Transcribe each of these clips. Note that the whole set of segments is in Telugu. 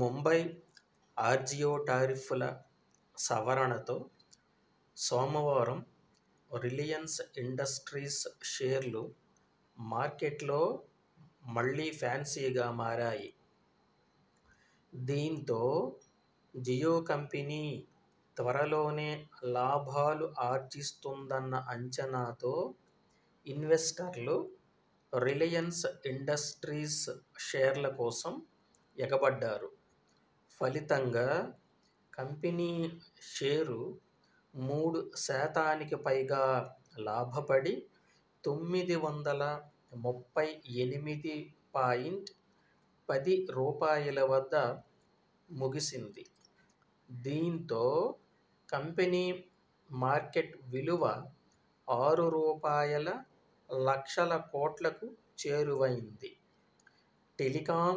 ముంబై ఆర్జియో టారిఫ్ ల సవరణతో సోమవారం రిలయన్స్ ఇండస్ట్రీస్ షేర్లు మార్కెట్లో మళ్లీ ఫ్యాన్సీగా మారాయి. దీంతో జియో కంపెనీ త్వరలోనే లాభాలు ఆర్జిస్తుందన్న అంచనాతో ఇన్వెస్టర్లు రిలయన్స్ ఇండస్ట్రీస్ షేర్ల కోసం ఎగబడ్డారు. ఫలితంగా కంపెనీ షేరు మూడు శాతానికి పైగా లాభపడి తొమ్మిది వందల ముప్పై ఎనిమిది పాయింట్ పది రూపాయల వద్ద ముగిసింది దీంతో కంపెనీ మార్కెట్ విలువ ఆరు రూపాయల లక్షల కోట్లకు చేరువైంది telecom,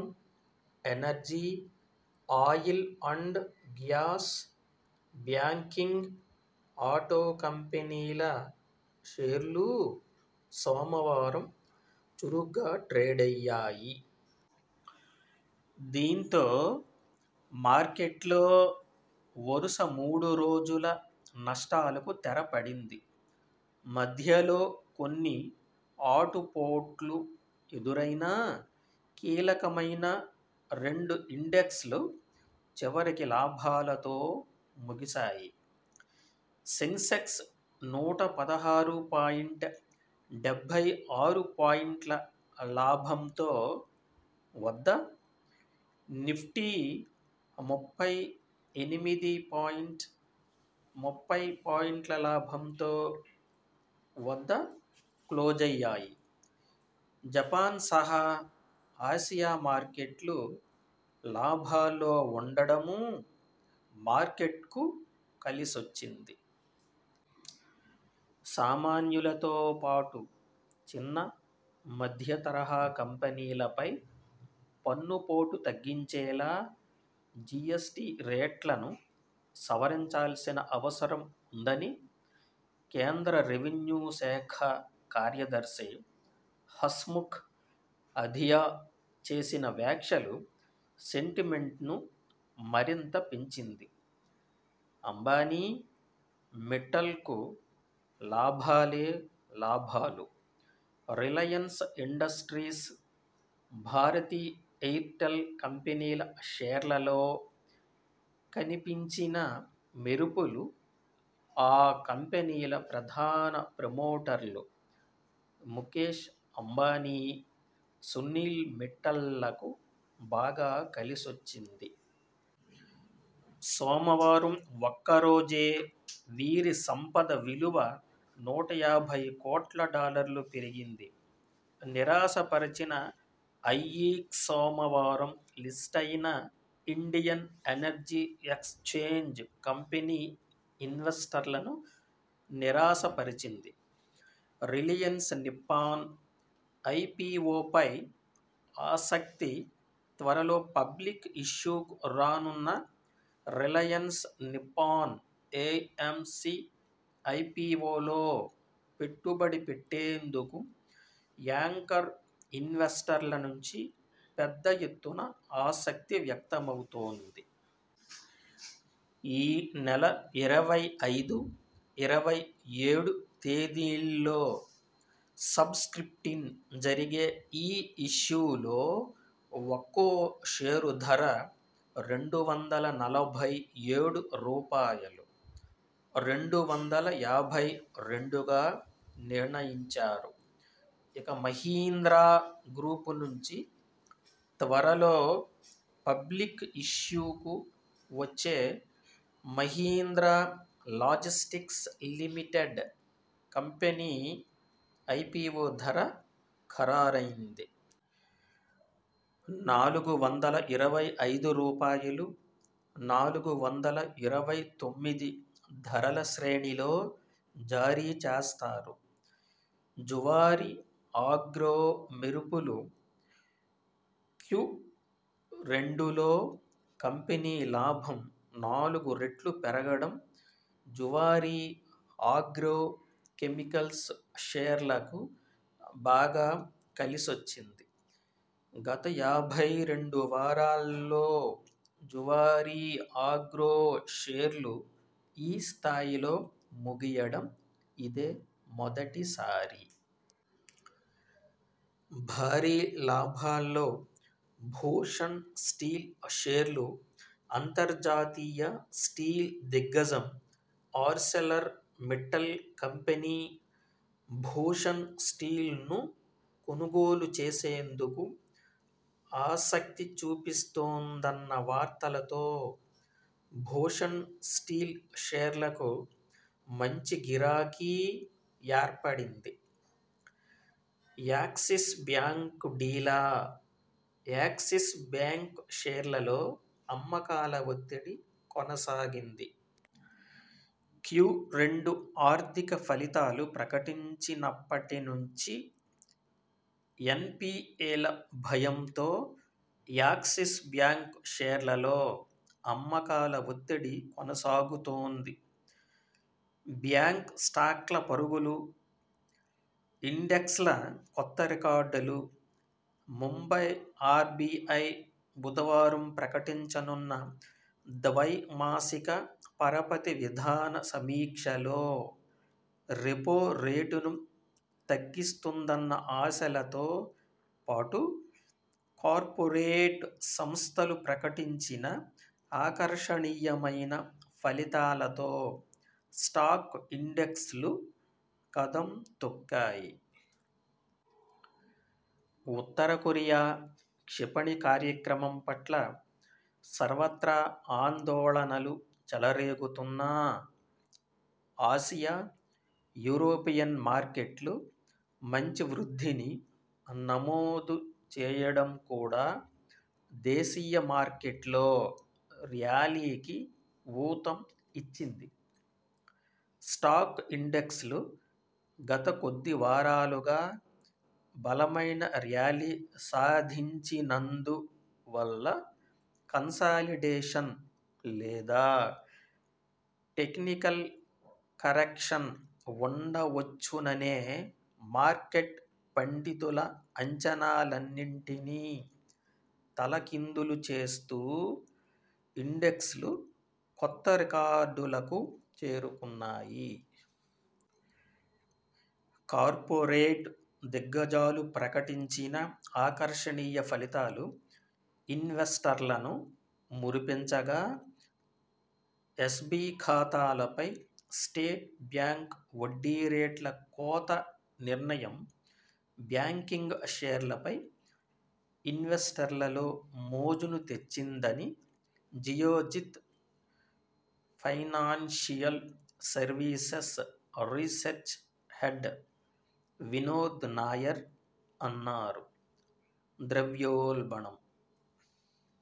energy, oil gas, banking, auto కంపెనీల షేర్లూ సోమవారం చురుగ్గా ట్రేడయ్యాయి. దీంతో మార్కెట్లో వరుస మూడు రోజుల నష్టాలకు తెర పడింది. మధ్యలో కొన్ని ఆటు పోట్లు ఎదురైనా కీలకమైన రెండు ఇండెక్స్లు చివరికి లాభాలతో ముగిశాయి. సెన్సెక్స్ నూట పదహారు పాయింట్ డెబ్బై ఆరు పాయింట్ల లాభంతో వద్ద, నిఫ్టీ ముప్పై ఎనిమిది పాయింట్ ముప్పై పాయింట్ల లాభంతో వద్ద క్లోజయ్యాయి జపాన్సహా ఆసియా మార్కెట్లు లాభాల్లో ఉండడమూ మార్కెట్కు కలిసొచ్చింది. సామాన్యులతో పాటు చిన్న, మధ్య తరహా కంపెనీలపై పన్ను పోటు తగ్గించేలా జిఎ్సటి రేట్లను సవరించాల్సిన అవసరం ఉందని కేంద్ర రెవెన్యూ శాఖ కార్యదర్శి హస్ముఖ్ అధియా చేసిన వ్యాఖ్యలు సెంటి మెంట్ను మరింత పెంచింది. అంబానీ, మిట్టల్కు లాభాలే లాభాలు రిలయన్స్ ఇండస్ట్రీస్, భారతి ఎయిర్టెల్ కంపెనీల షేర్లలో కనిపించిన మెరుపులు ఆ కంపెనీల ప్రధాన ప్రమోటర్లు ముకేశ్ అంబానీ, సునీల్ మిట్టల్లకు బాగా కలిసొచ్చింది. సోమవారం ఒక్క రోజే వీరి సంపద విలువ నూట యాభై కోట్ల డాలర్లు పెరిగింది నిరాశ పరిచిన ఐఈక్స్సోమవారం లిస్టయిన ఇండియన్ ఎనర్జీ ఎక్స్ఛేంజ్ కంపెనీ ఇన్వెస్టర్లను నిరాశ పరిచింది. రిలయన్స్ నిప్పాన్ ఐపిఒపై ఆసక్తి త్వరలో పబ్లిక్ ఇష్యూకు రానున్న రిలయన్స్ నిప్పాన్ ఎఎంసి ఐపిఒలో పెట్టుబడి పెట్టేందుకు యాంకర్ ఇన్వెస్టర్ల నుంచి పెద్ద ఎత్తున ఆసక్తి వ్యక్త మవుతోంది. ఈ నెల ఇరవై ఐదు ,ఇరవై ఏడు తేదీల్లో సబ్ స్క్రిప్టిన్ జరిగే ఈ ఇష్యూలో ఒక్కో షేరు ధర రెండు వందల నలభై ఏడు రూపాయలు ,రెండు వందల యాభై రెండుగా నిర్ణయించారు. ఇక మహీంద్రా గ్రూపు నుంచి త్వరలో పబ్లిక్ ఇష్యూకు వచ్చే Mahindra logistics limited company IPO ధర ఖరారైంది. నాలుగు వందల ఇరవై ఐదు రూపాయలు ,నాలుగు వందల ఇరవై తొమ్మిది ధరల శ్రేణిలో జారీ చేస్తారు. జువారి ఆగ్రో మెరుపులు క్యురెండులో కంపెనీ లాభం నాలుగు రెట్లు పెరగడం జువారీ ఆగ్రో కెమెకల్స్ షేర్లకు బాగా కలిసొచ్చింది. గత యాభై రెండు వారాల్లో జువారీ ఆగ్రో షేర్లు ఈ స్థాయిలో ముగియడం ఇదే మొదటిసారి. భారీ లాభాల్లో భూషణ్ స్టీల్ షేర్లు అంతర్జాతీయ స్టీల్ దిగ్గజం ఆర్సెలర్ మిట్టల్ కంపెనీ భూషణ్ స్టీల్ను కొనుగోలు చేసేందుకు ఆసక్తి చూపిస్తోందన్న వార్తలతో భూషణ్ స్టీల్ షేర్లకు మంచి గిరాకీ ఏర్పడింది. యాక్సిస్ బ్యాంక్ డీలా యాక్సిస్ బ్యాంక్ షేర్లలో అమ్మకాల ఒత్తిడి కొనసాగింది. క్యురెండు ఆర్థిక ఫలితాలు ప్రకటించినప్పటి నుంచి ఎన్పిఎల భయంతో యాక్సిస్ బ్యాంక్ షేర్లలో అమ్మకాల ఒత్తిడి కొనసాగుతోంది. బ్యాంక్ స్టాక్ల పరుగులు ఇండెక్స్ల కొత్త రికార్డులు ముంబై ఆర్బిఐ బుధవారం ప్రకటించనున్న ద్వై మాసిక పరపతి విధాన సమీక్షలో రెపో రేటును తగ్గిస్తుందన్న ఆశలతో పాటు కార్పొరేట్ సంస్థలు ప్రకటించిన ఆకర్షణీయ మైన ఫలితాలతో స్టాక్ ఇండెక్స్లు కదం తొక్కాయి. ఉత్తర కొరియా క్షిపణి కార్యక్రమం పట్ల సర్వత్రా ఆందోళనలు చెల రేగుతున్నా ఆసియా, యూరోపియన్ మార్కెట్లు మంచి వృద్ధిని నమో దు చేయడం కూడా దేశీయ మార్కెట్లో ర్యాలీకి ఊతం ఇచ్చింది. స్టాక్ ఇండెక్స్లు గత కొద్ది వారాలుగా బలమైన ర్యాలీ సాధించినందు వల్ల కన్సాలిడేషన్ లేదా టెక్నికల్ కరెక్షన్ ఉండవచ్చుననే మార్కెట్ పండితుల అంచనాలన్నింటినీ తల కిందులు చేస్తూ ఇండెక్స్లు కొత్త రికార్డులకు చేరుకున్నాయి. కార్పొరేట్ దిగ్గజాలు ప్రకటించిన ఆకర్షణీయ ఫలితాలు ఇన్వెస్టర్లను మురిపించగా ఎస్బి ఖాతాలపై స్టేట్ బ్యాంకు వడ్డీరేట్ల కోత నిర్ణయం బ్యాంకింగ్ షేర్లపై ఇన్వెస్టర్లలో మోజును తెచ్చిందని Geojit financial services research head Vinod Nair అన్నారు. ద్రవ్యోల్బణం